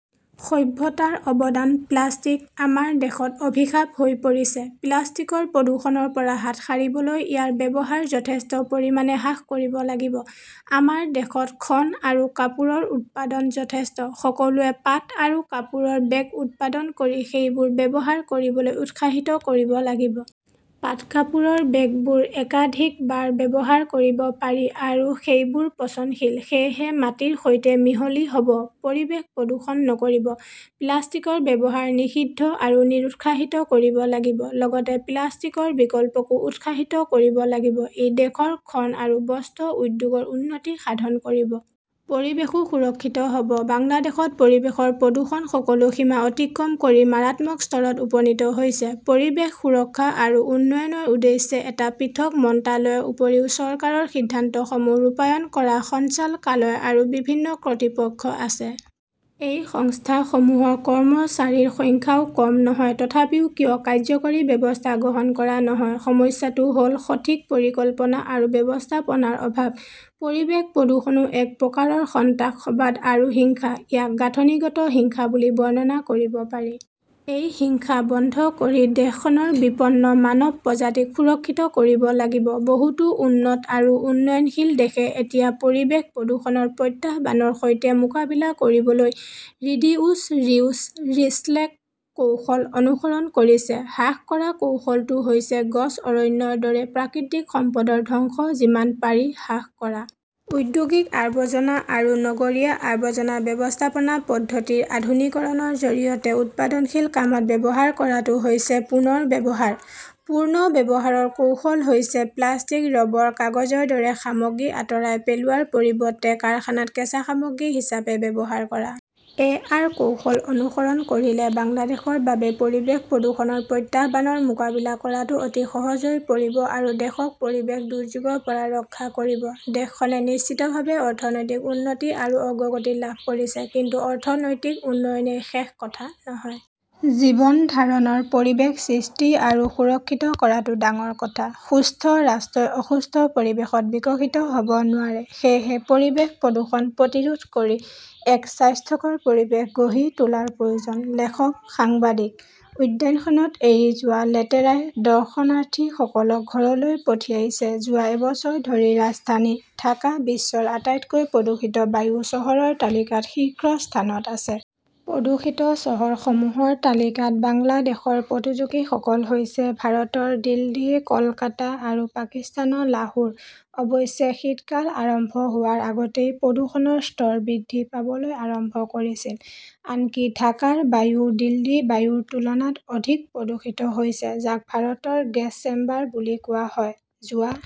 সভ্যতাৰ অৱদান প্লাষ্টিক আমাৰ দেশত অভিশাপ হৈ পৰিছে। প্লাষ্টিকৰ প্ৰদূষণৰ পৰা হাত সাৰিবলৈ ইয়াৰ ব্যৱহাৰ যথেষ্ট পৰিমাণে হ্ৰাস কৰিব লাগিব। আমাৰ দেশত শণ আৰু কাপোৰৰ উৎপাদন যথেষ্ট। সকলোৱে পাট আৰু কাপোৰৰ বেগ উৎপাদন কৰি সেইবোৰ ব্যৱহাৰ কৰিবলৈ উৎসাহিত কৰিব লাগিব। পাট-কাপোৰৰ বেগবোৰ একাধিকবাৰ ব্যৱহাৰ কৰিব পাৰি, আৰু সেইবোৰ পচনশীল, সেয়েহে মাটিৰ সৈতে মিহলি হ 'ব, পৰিৱেশ প্ৰদূষণ নকৰিব। প্লাষ্টিকৰ ব্যৱহাৰ নিষিদ্ধ আৰু নিৰুৎসাহিত কৰিব লাগিব। লগতে প্লাষ্টিকৰ বিকল্পকো উৎসাহিত কৰিব লাগিব। ই দেশৰ শণ আৰু বস্ত্ৰ উদ্যোগৰ উন্নতি সাধন কৰিব। পৰিৱেশও সুৰক্ষিত হ "ব। বাংলাদেশত পৰিৱেশৰ প্ৰদূষণ সকলো সীমা অতিক্ৰম কৰি মাৰাত্মক স্তৰত উপনীত হৈছে। পৰিৱেশ সুৰক্ষা আৰু উন্নয়নৰ উদ্দেশ্যে এটা পৃথক মন্ত্ৰালয়ৰ উপৰিও চৰকাৰৰ সিদ্ধান্তসমূহ ৰূপায়ণ কৰা সঞ্চালকালয় আৰু বিভিন্ন কৰ্তৃপক্ষ আছে। এই সংস্থাসমূহৰ কৰ্মচাৰীৰ সংখ্যাও কম নহয়। তথাপিও কিয় কাৰ্যকৰী ব্যৱস্থা গ্ৰহণ কৰা নহয়? সমস্যাটো হ "ল সঠিক পৰিকল্পনা আৰু ব্যৱস্থাপনাৰ অভাৱ। পৰিৱেশ প্ৰদূষণও এক প্ৰকাৰৰ সন্ত্ৰাসবাদ আৰু হিংসা। ইয়াক গাঁথনিগত হিংসা বুলি বৰ্ণনা কৰিব পাৰি। এই হিংসা বন্ধ কৰি দেশখনৰ বিপন্ন মানৱ প্ৰজাতিক সুৰক্ষিত কৰিব লাগিব। বহুতো উন্নত আৰু উন্নয়নশীল দেশে এতিয়া পৰিৱেশ প্ৰদূষণৰ প্ৰত্যাহ্বানৰ সৈতে মোকাবিলা কৰিবলৈ ৰিডিউছ, ৰিউচ, ৰিচেক্ল কৌশল অনুসৰণ কৰিছে। হ্ৰাস কৰা কৌশলটো হৈছে গছ, অৰণ্যৰ দৰে প্ৰাকৃতিক সম্পদৰ ধ্বংস যিমান পাৰি হ্ৰাস কৰা। ঔদ্যোগিক আৱৰ্জনা আৰু নগৰীয়া আৱৰ্জনা ব্যৱস্থাপনা পদ্ধতিৰ আধুনিকীকৰণৰ জৰিয়তে উৎপাদনশীল কামত ব্যৱহাৰ কৰাটো হৈছে পুনৰ ব্যৱহাৰ। পুনৰ্ব্যৱহাৰ কৌশল হৈছে প্লাষ্টিক, ৰবৰ, কাগজৰ দৰে সামগ্ৰী আঁতৰাই পেলোৱাৰ পৰিৱৰ্তে কাৰখানাত কেঁচা সামগ্ৰী হিচাপে ব্যৱহাৰ কৰা। এ আৰ কৌশল অনুসৰণ কৰিলে বাংলাদেশৰ বাবে পৰিৱেশ প্ৰদূষণৰ প্ৰত্যাহ্বানৰ মোকাবিলা কৰাটো অতি সহজ হৈ পৰিব আৰু দেশক পৰিৱেশ দুৰ্যোগৰ পৰা ৰক্ষা কৰিব। দেশখনে নিশ্চিতভাৱে অৰ্থনৈতিক উন্নতি আৰু অগ্ৰগতি লাভ কৰিছে। কিন্তু অৰ্থনৈতিক উন্নয়নই শেষ কথা নহয়। জীৱন ধাৰণৰ পৰিৱেশ সৃষ্টি আৰু সুৰক্ষিত কৰাটো ডাঙৰ কথা। সুস্থ ৰাষ্ট্ৰই অসুস্থ পৰিৱেশত বিকশিত হ "ব নোৱাৰে। সেয়েহে পৰিৱেশ প্ৰদূষণ প্ৰতিৰোধ কৰি এক স্বাস্থ্যকৰ পৰিৱেশ গঢ়ি তোলাৰ প্ৰয়োজন। লেখকঃ সাংবাদিক। উদ্যানখনত এৰি যোৱা লেতেৰাই দৰ্শনাৰ্থীসকলক ঘৰলৈ পঠিয়াইছেযোৱা এবছৰ ধৰি ৰাজধানী ঢাকা বিশ্বৰ আটাইতকৈ প্ৰদূষিত বায়ু চহৰৰ তালিকাত শীৰ্ষস্থানত আছে। প্ৰদূষিত চহৰসমূহৰ তালিকাত বাংলাদেশৰ প্ৰতিযোগীসকল হৈছে ভাৰতৰ দিল্লী, কলকাতা আৰু পাকিস্তানৰ লাহোৰ। অৱশ্যে, শীতকাল আৰম্ভ হোৱাৰ আগতেই প্ৰদূষণৰ স্তৰ বৃদ্ধি পাবলৈ আৰম্ভ কৰিছিল। আনকি ঢাকাৰ বায়ুও দিল্লীৰ বায়ুৰ তুলনাত অধিক প্ৰদূষিত হৈছে যাক ভাৰতৰ 'গেছ চেম্বাৰ "বুলি কোৱা হয়। যোৱা